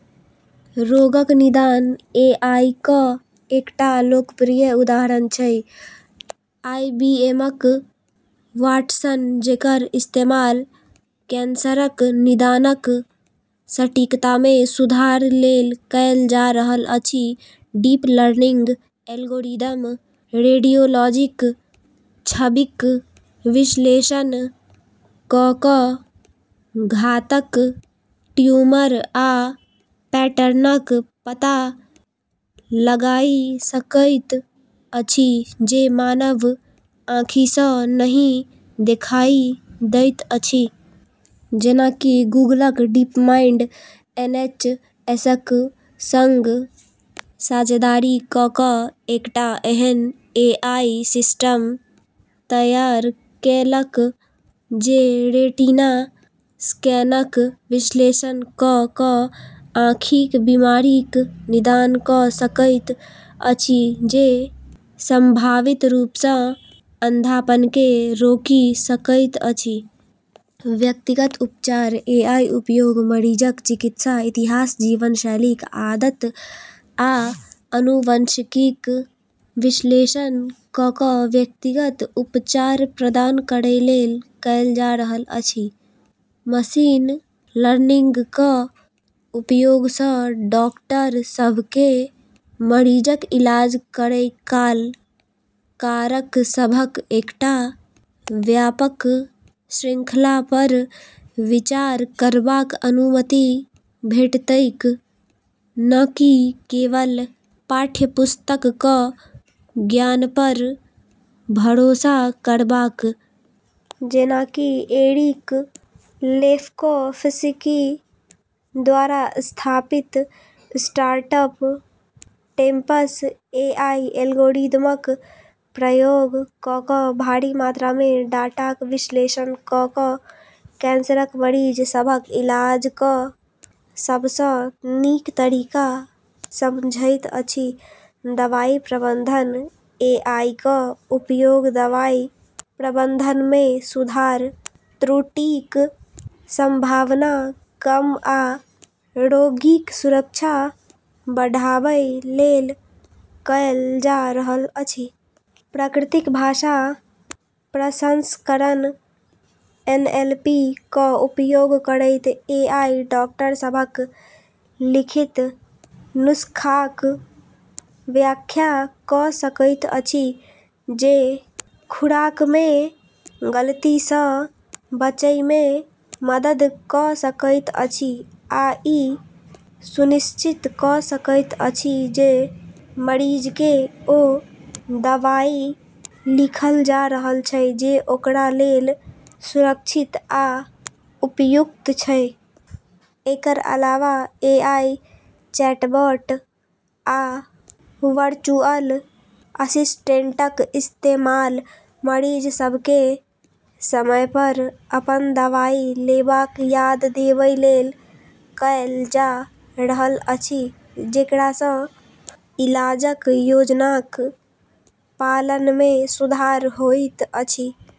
रोगक निदान एआईक एकटा लोकप्रिय उदाहरण छै आईबीएमक वाटसन, जेकर इस्तेमाल कैंसरक निदानक सटीकतामे सुधार लेल कएल जा रहल अछि। डीप लर्निंग एल्गोरिदम रेडियोलॉजीक छबिक विश्लेषण कऽ कऽ घातक ट्यूमर आ पैटर्नक पता लगाइ सकैत अछि जे मानव आँखिसँ नहि देखाइ दैत अछि। जेना कि गूगलक डीपमाइंड एनएचएसक संग साझेदारी कऽ कऽ एकटा एहन एआई सिस्टम तैयार केलक जे रेटिना स्कैनक विश्लेषण कऽ कऽ आँखिक बीमारीक निदान कऽ सकैत अछि, जे सम्भावित रूपसँ अंधापनकेँ रोकि सकैत अछि। व्यक्तिगत उपचार एआईक उपयोग मरीजक चिकित्सा इतिहास, जीवनशैलीक आदत, आ आनुवंशिकीक विश्लेषण कऽ कऽ व्यक्तिगत उपचार प्रदान करै लेल कएल जा रहल अछि। मशीन लर्निंगक उपयोगसँ डाक्टर सभकेँ मरीजक इलाज करै काल कारक सभक एकटा व्यापक श्रृंखलापर विचार करबाक अनुमति भेटतैक, न कि केवल पाठ्यपुस्तकक ज्ञानपर भरोसा करबाक। जेना कि एरिक लेफकोफ्स्की द्वारा स्थापित स्टार्टअप टेम्पस एआई एल्गोरिदमक प्रयोग कऽ कऽ भारी मात्रामे डाटाक विश्लेषण कऽ कऽ कैंसरक मरीज सभक इलाजक सबसँ नीक तरीका समझैत अछि। दवाइ प्रबंधन एआईक उपयोग दवाइ प्रबंधनमे सुधार, त्रुटिक संभावना कम आ रोगीक सुरक्षा बढ़ाबै लेल कएल जा रहल अछि। प्राकृतिक भाषा प्रसंस्करण एनएलपी क उपयोग करैत, एआई डाक्टर सभक लिखित नुस्खाक व्याख्या कऽ सकैत अछि, जे खुराकमे गलतीसँ बचैमे मदद कऽ सकैत अछि आ ई सुनिश्चित कऽ सकैत अछि जे मरीजकेँ ओ दवाइ लिखल जा रहल छै जे ओकरा लेल सुरक्षित आ उपयुक्त छै। एकर अलावा एआई चैटबॉट आ वर्चुअल असिस्टेंटक इस्तेमाल मरीज सभकेँ समयपर अपन दवाइ लेबाक याद देबै लेल कएल जा रहल अछि, जेकरासँ इलाजक योजनाक पालनमे सुधार होइत अछि।